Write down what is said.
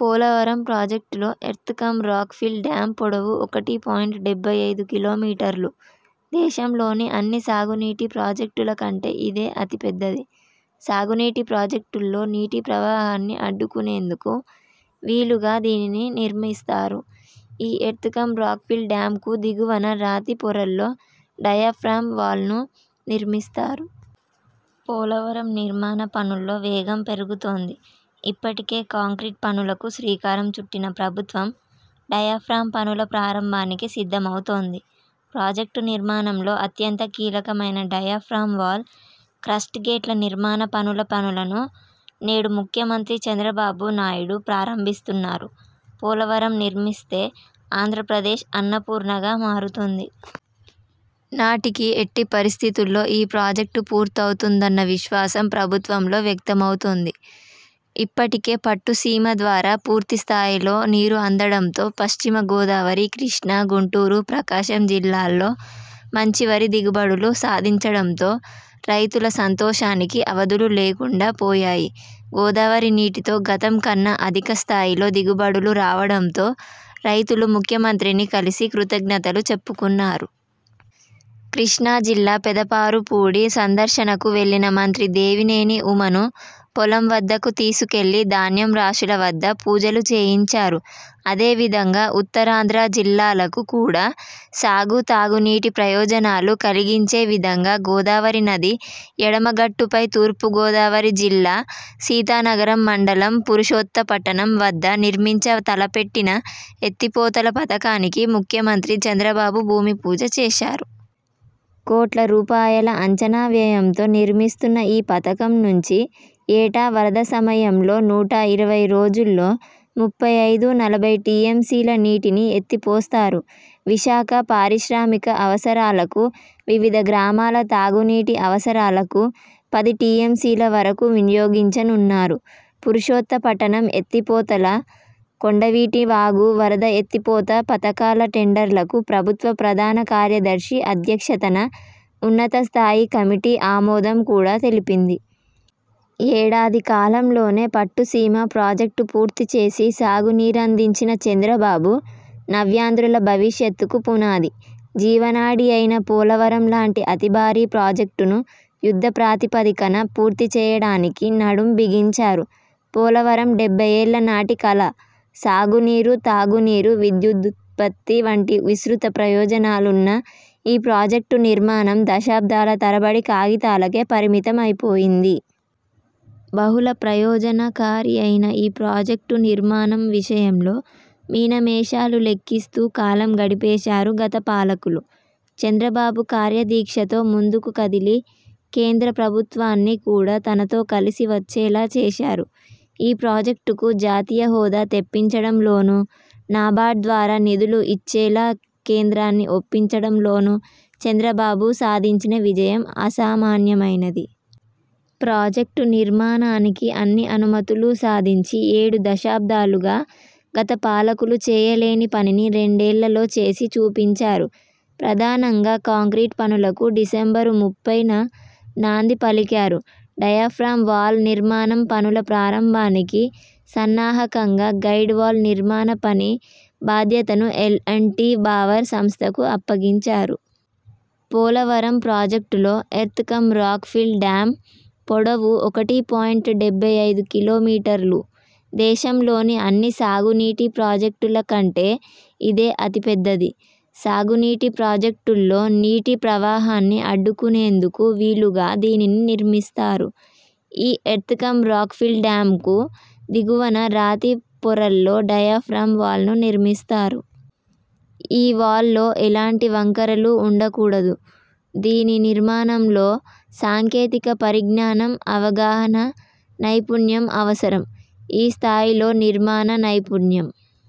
పోలవరం ప్రాజెక్టులో earth cum rock fill dam పొడవు ఒకటి పాయింట్ డెబ్బై ఐదు కిలోమీటర్లు దేశంలోని అన్ని సాగునీటి ప్రాజెక్టుల కంటే ఇదే అతి పెద్దది. సాగునీటి ప్రాజెక్టుల్లో నీటి ప్రవాహాన్ని అడ్డుకునేందుకు వీలుగా దీనిని నిర్మిస్తారు. ఈ ఎర్త్ కమ్ రాక్ఫిల్ డ్యామ్కు దిగువన రాతి పొరల్లో డయాఫ్రాం వాల్ను నిర్మిస్తారు. పోలవరం నిర్మాణ పనుల్లో వేగం పెరుగుతోంది. ఇప్పటికే కాంక్రీట్ పనులకు శ్రీకారం చుట్టిన ప్రభుత్వం డయాఫ్రాం పనుల ప్రారంభానికి సిద్ధమవుతోంది. ప్రాజెక్టు నిర్మాణంలో అత్యంత కీలకమైన డయాఫ్రాంవాల్, క్రస్ట్ గేట్ల నిర్మాణ పనుల పనులను నేడు ముఖ్యమంత్రి చంద్రబాబు నాయుడు ప్రారంభిస్తున్నారు. పోలవరం నిర్మిస్తే ఆంధ్రప్రదేశ్ అన్నపూర్ణగా మారుతుంది. నాటికి ఎట్టి పరిస్థితుల్లో ఈ ప్రాజెక్టు పూర్తవుతుందన్న విశ్వాసం ప్రభుత్వంలో వ్యక్తమవుతోంది. ఇప్పటికే పట్టు సీమ ద్వారా పూర్తిస్థాయిలో నీరు అందడంతో, పశ్చిమ గోదావరి, కృష్ణా, గుంటూరు, ప్రకాశం జిల్లాల్లో మంచి వరి దిగుబడులు సాధించడంతో రైతుల సంతోషానికి అవధులు లేకుండా పోయాయి. గోదావరి నీటితో గతంకన్నా అధిక స్థాయిలో దిగుబడులు రావడంతో రైతులు ముఖ్యమంత్రిని కలిసి కృతజ్ఞతలు చెప్పుకున్నారు. కృష్ణాజిల్లా పెదపారుపూడి సందర్శనకు వెళ్లిన మంత్రి దేవినేని ఉమను పొలం వద్దకు తీసుకెళ్లి ధాన్యం రాశుల వద్ద పూజలు చేయించారు. అదే విధంగా ఉత్తరాంధ్ర జిల్లాలకు కూడా సాగు, తాగునీటి ప్రయోజనాలు కలిగించే విధంగా గోదావరి నది ఎడమ గట్టుపై తూర్పుగోదావరి జిల్లా సీతానగరం మండలం పురుషోత్తపట్నం వద్ద నిర్మించ తలపెట్టిన ఎత్తిపోతల పథకానికి ముఖ్యమంత్రి చంద్రబాబు భూమి పూజ చేశారు. కోట్ల రూపాయల అంచనా వ్యయంతో నిర్మిస్తున్న ఈ పథకం నుంచి ఏటా వరద సమయంలో నూట ఇరవై రోజుల్లో ముప్పై ఐదు, నలభై టీఎంసీల నీటిని ఎత్తిపోస్తారు విశాఖ పారిశ్రామిక అవసరాలకు, వివిధ గ్రామాల తాగునీటి అవసరాలకు పది టీఎంసీల వరకు వినియోగించనున్నారు పురుషోత్త పట్నం ఎత్తిపోతల, కొండవీటి వాగు వరద ఎత్తి పోత పథకాల టెండర్లకు ప్రభుత్వ ప్రధాన కార్యదర్శి అధ్యక్షతన ఉన్నతస్థాయి కమిటీ ఆమోదం కూడా తెలిపింది. ఏడాది కాలంలోనే పట్టు సీమ ప్రాజెక్టు పూర్తిచేసి సాగు నీరందించిన చంద్రబాబు, నవ్యాంధ్రుల భవిషత్తుకు పునాది, జీవనాడి అయిన పోలవరం లాంటి అతి భారీ ప్రాజెక్టును యుద్ధ ప్రాతిపదికన పూర్తి చేయడానికి నడుం బిగించారు. పోలవరం డెబ్బైఏళ్ల నాటి కల సాగునీరు, తాగునీరు, విద్యుదుత్పత్తి వంటి విస్తృత ప్రయోజనాలున్న ఈ ప్రాజెక్టు నిర్మాణం దశాబ్దాల తరబడి కాగితాలకే పరిమితమైపోయింది. బహుళ ప్రయోజనకారి అయిన ఈ ప్రాజెక్టు నిర్మాణం విషయంలో మీనమేషాలు లెక్కిస్తూ కాలం గడిపేశారు గత పాలకులు. చంద్రబాబు కార్యదీక్షతో ముందుకు కదిలి కేంద్ర ప్రభుత్వాన్ని కూడా తనతో కలసి వచ్చేలా చేశారు. ఈ ప్రాజెక్టుకు జాతీయ హోదా తెప్పించడంలోనూ, నాబార్డ్ ద్వారా నిధులు ఇచ్చేలా కేంద్రాన్ని ఒప్పించడంలోనూ చంద్రబాబు సాధించిన విజయం అసామాన్యమైనది. ప్రాజెక్టు నిర్మాణానికి అన్ని అనుమతులూ సాధించి, ఏడు దశాబ్దాలుగా గత పాలకులు చేయలేని పనిని రెండేళ్లలో చేసి చూపించారు. ప్రధానంగా కాంక్రీట్ పనులకు డిసెంబరు ముప్పైన నాంది పలికారు డయాఫ్రాం వాల్ నిర్మాణం పనుల ప్రారంభానికి సన్నాహకంగా గైడ్ వాల్ నిర్మాణ పని బాధ్యతను ఎల్ అండ్ టీ బావర్ సంస్థకు అప్పగించారు. పోలవరం ప్రాజెక్టులో earth cum rock fill dam పొడవు ఒకటి పాయింట్ డెబ్బై ఐదు కిలోమీటర్లు. దేశంలోని అన్ని సాగునీటి ప్రాజెక్టుల కంటే ఇదే అతి పెద్దది. సాగునీటి ప్రాజెక్టుల్లో నీటి ప్రవాహాన్ని అడ్డుకునేందుకు వీలుగా దీనిని నిర్మిస్తారు. ఈ ఎర్త్ కమ్ రాక్ ఫిల్ డ్యామ్కు దిగువన రాతి పొరల్లో డయాఫ్రాం వాల్ను నిర్మిస్తారు. ఈ వాల్లో ఎలాంటి వంకరలూ ఉండకూడదు. దీని నిర్మాణంలో సాంకేతిక పరిజ్ఞానం, అవగాహన, నైపుణ్యం అవసరం. ఈ స్థాయిలో నిర్మాణ నైపుణ్యం